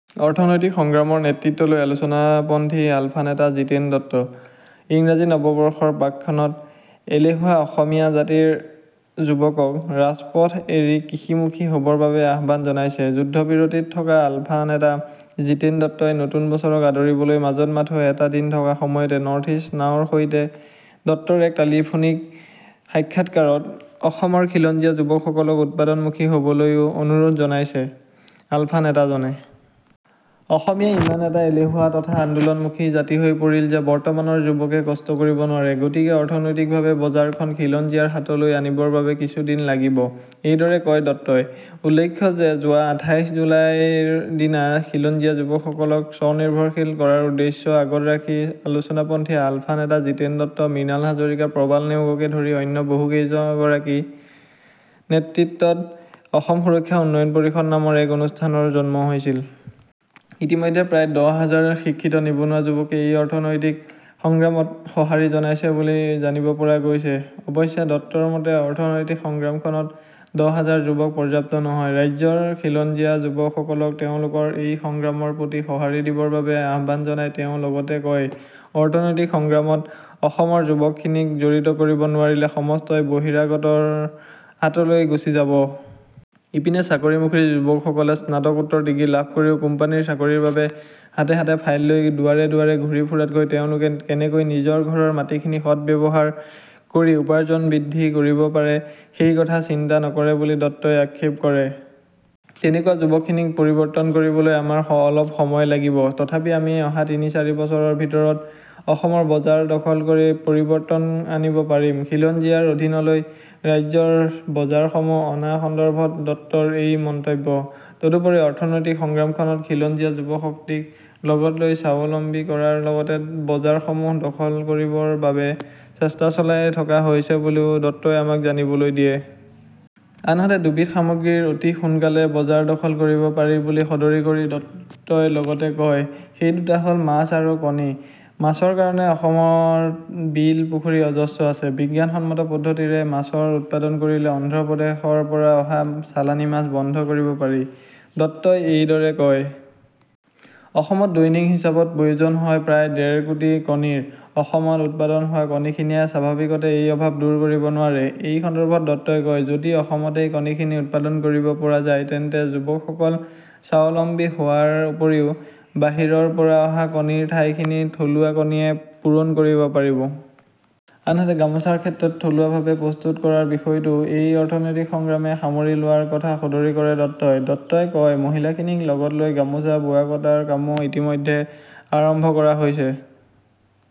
অৰ্থনৈতিক সংগ্ৰামৰ নেতৃত্ব লৈ আলোচনাপন্থী আলফা নেতা জিতেন দত্ত। ইংৰাজী নৱবৰ্ষৰ প্ৰাক্ক্ষণত এলেহুৱা অসমীয়া জাতিৰ যুৱকক ৰাজপথ এৰি কৃষিমুখী হ'বৰ বাবে আহ্বান জনাইছে যুদ্ধবিৰতিত থকা আলফা নেতা জীতেন দত্তই। নতুন বছৰক আদৰিবলৈ মাজত মাথোঁ এটা দিন থকা সময়তে নৰ্থ ইষ্ট নাওৰ সৈতে দত্তৰ এক টেলিফোনিক সাক্ষাৎকাৰত অসমৰ খিলঞ্জীয়া যুৱকসকলক উৎপাদনমুখী হ'বলৈয়ো অনুৰোধ জনাইছে আলফা নেতাজনে। অসমীয়া ইমান এটা এলেহুৱা তথা আন্দোলনমুখী জাতি হৈ পৰিল যে বৰ্তমানৰ যুৱকে কষ্ট কৰিব নোৱাৰে। গতিকে অৰ্থনৈতিকভাৱে বজাৰখন খিলঞ্জীয়াৰ হাতলৈ আনিবৰ বাবে কিছুদিন লাগিব- এইদৰে কয় দত্তই। উল্লেখ্য যে যোৱা আঠাইশ জুলাইৰ দিনা খিলঞ্জীয়া যুৱকসকলক স্বনিৰ্ভৰশীল কৰাৰ উদ্দেশ্য আগত ৰাখি আলোচনাপন্থী আলফা নেতা জীতেন দত্ত, মৃণাল হাজৰিকা, প্ৰবাল নেওগকে ধৰি অন্য বহুকেইগৰাকীৰ নেতৃত্বত 'অসম সুৰক্ষা উন্নয়ন পৰিষদ' নামৰ এক অনুষ্ঠানৰ জন্ম হৈছিল। ইতিমধ্যে প্ৰায় দহ হাজাৰ শিক্ষিত নিবনুৱা যুৱকে এই অৰ্থনৈতিক সংগ্ৰামত সঁহাৰি জনাইছে বুলি জানিব পৰা গৈছে। অৱশ্যে দত্তৰ মতে অৰ্থনৈতিক সংগ্ৰামখনত দহ হাজাৰ যুৱক পৰ্য্যাপ্ত নহয়। ৰাজ্যৰ খিলঞ্জীয়া যুৱকসকলক তেওঁলোকৰ এই সংগ্ৰামৰ প্ৰতি সঁহাৰি দিবৰ বাবে আহ্বান জনাই তেওঁ লগতে কয়, অৰ্থনৈতিক সংগ্ৰামত অসমৰ যুৱকখিনিক জড়িত কৰিব নোৱাৰিলে সমস্তই বহিৰাগতৰ হাতলৈ গুচি যাব। ইপিনে চাকৰিমুখী যুৱকসকলে স্নাতকোত্তৰ ডিগ্ৰী লাভ কৰিও কোম্পানীৰ চাকৰিৰ বাবে হাতে হাতে ফাইল লৈ দুৱাৰে দুৱাৰে ঘূৰি ফুৰাতকৈ তেওঁলোকে কেনেকৈ নিজৰ ঘৰৰ মাটিখিনি সৎব্যৱহাৰ কৰি উপাৰ্জন বৃদ্ধি কৰিব পাৰে, সেই কথা চিন্তা নকৰে বুলি দত্তই আক্ষেপ কৰে। তেনেকুৱা যুৱকখিনিক পৰিৱৰ্তন কৰিবলৈ আমাৰ অলপ সময় লাগিব, তথাপি আমি অহা তিনি-চাৰি বছৰৰ ভিতৰত অসমৰ বজাৰ দখল কৰি পৰিৱৰ্তন আনিব পাৰিম- খিলঞ্জীয়াৰ অধীনলৈ ৰাজ্যৰ বজাৰসমূহ অনা সন্দৰ্ভত দত্তৰ এই মন্তব্য। তদুপৰি অৰ্থনৈতিক সংগ্ৰামখনত খিলঞ্জীয়া যুৱশক্তিক লগত লৈ স্বাৱলম্বী কৰাৰ লগতে বজাৰসমূহ দখল কৰিবৰ বাবে চেষ্টা চলাই থকা হৈছে বুলিও দত্তই আমাক জানিবলৈ দিয়ে। আনহাতে দুবিধ সামগ্ৰীৰ অতি সোনকালে বজাৰ দখল কৰিব পাৰি বুলি সদৰী কৰি দত্তই লগতে কয়- সেই দুটা হ'ল মাছ আৰু কণী। মাছৰ কাৰণে অসমত বিল-পুখুৰী অজস্ৰ আছে, বিজ্ঞানসন্মত পদ্ধতিৰে মাছৰ উৎপাদন কৰিলে অন্ধ্ৰপ্ৰদেশৰ পৰা অহা চালানী মাছ বন্ধ কৰিব পাৰি- দত্তই এইদৰে কয়। অসমত দৈনিক হিচাপত প্ৰয়োজন হয় প্ৰায় ডেৰকোটি কণীৰ। অসমত উৎপাদন হোৱা কণীখিনিয়ে স্বাভাৱিকতে এই অভাৱ দূৰ কৰিব নোৱাৰে। এই সন্দৰ্ভত দত্তই কয়, যদি অসমতেই কণীখিনি উৎপাদন কৰিব পৰা যায় তেন্তে যুৱকসকল স্বাৱলম্বী হোৱাৰ উপৰিও বাহিৰৰ পৰা অহা কণীৰ ঠাইখিনি থলুৱা কণীয়ে পূৰণ কৰিব পাৰিব। আনহাতে গামোচাৰ ক্ষেত্ৰত থলুৱাভাৱে প্ৰস্তুত কৰাৰ বিষয়টোও এই অৰ্থনৈতিক সংগ্ৰামে সামৰি লোৱাৰ কথা সদৰী কৰে দত্তই। দত্তই কয়- মহিলাখিনিক লগত লৈ গামোচা বোঁৱা-কটাৰ কামো ইতিমধ্যে আৰম্ভ কৰা হৈছে।